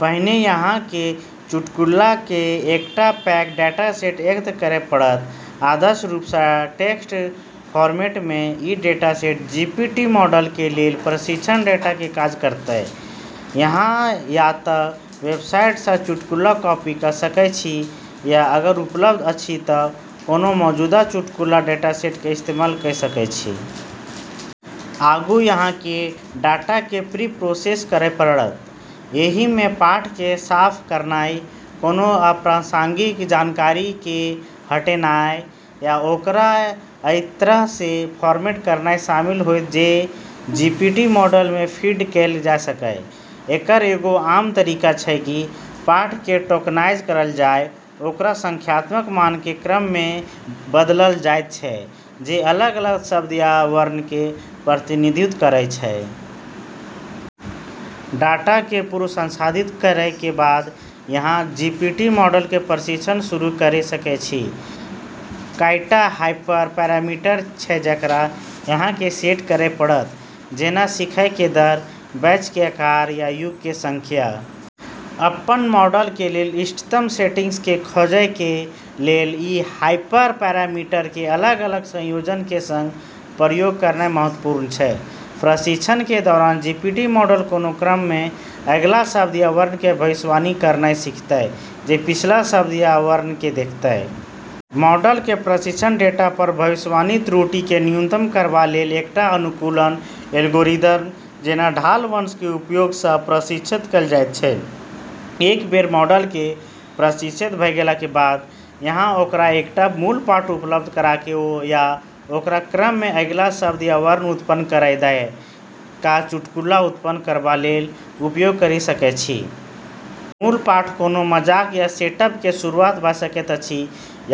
पहिने अहाँके चुटकुलाके एकटा पैघ डाटासेट एकत्र करय पड़त, आदर्श रूपसँ टेक्स्ट फॉर्मेटमे। ई डाटासेट जीपीटी मॉडलके लेल प्रशिक्षण डाटाके काज करतै। अहाँ या त' वेबसाइट सँ चुटकुला कॉपी क' सकय छी या अगर उपलब्ध अछि त' कोनो मौजूदा चुटकुला डाटासेटके इस्तेमाल क' सकय छी । आगू, अहाँके डाटाके प्री- प्रोसेस करय पड़त । एहिमे पाठके साफ करनाइ, कोनो अप्रासंगिक जानकारीके हटेनाइ, आ ओकरा अइ तरहसँ फॉर्मेट करनाइ शामिल होइत जे जीपीटी मॉडलमे फीड कैल जा सकय। एकर एगो आम तरीका छै कि पाठके टोकनाइज करल जाइ, ओकरा संख्यात्मक मानके क्रममे बदलल जाइत छै जे अलग-अलग शब्द या वर्णके प्रतिनिधित्व करै छै। डाटाके पूर्व संसाधित करैके बाद, अहाँ जीपीटी मॉडलके प्रशिक्षण शुरू करि सकै छी । कएटा हाइपर- पैरामीटर छै जेकरा अहाँके सेट करै पड़त, जेना सीखयके दर, बैचके आकार, आ युगके संख्या । अपन मॉडलके लेल इष्टतम सेटिंग्सके खोजैके लेल ई हाइपर- पैरामीटरके अलग-अलग संयोजनके सङ्ग प्रयोग करनाइ महत्वपूर्ण छै । प्रशिक्षणके दौरान जीपीटी मॉडल कोनो क्रममे अगिला शब्द या वर्णके भविष्यवाणी करनाइ सीखतै, जे पिछला शब्द या वर्णके देखतै । मॉडलके प्रशिक्षण डेटा पर भविष्यवाणी त्रुटिके न्यूनतम करबा लेल एकटा अनुकूलन एल्गोरिदम, जेना ढाल वंशके उपयोगसँ प्रशिक्षित कैल जाइत छै । एक बेर मॉडलके प्रशिक्षित भ' गेलाक बाद, अहाँ ओकरा एकटा मूल पाठ उपलब्ध कराके आ ओकरा क्रममे अगिला शब्द या वर्ण उत्पन्न करै द' क' चुटकुला उत्पन्न करबा लेल उपयोग करि सकै छी । मूल पाठ कोनो मजाक या सेटअपके शुरुआत भ' सकैत अछि,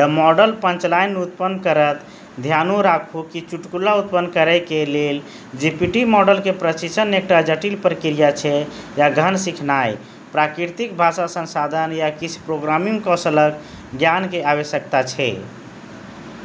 आ मॉडल पंचलाइन उत्पन्न करत। धियान राखु, कि चुटकुला उत्पन्न करैके लेल जीपीटी मॉडलके प्रशिक्षण एकटा जटिल प्रक्रिया छै, आ गहन सिखनाइ, प्राकृतिक भाषा संसाधन, आ किछ प्रोग्रामिंग कौशलक ज्ञानके आवश्यकता छै।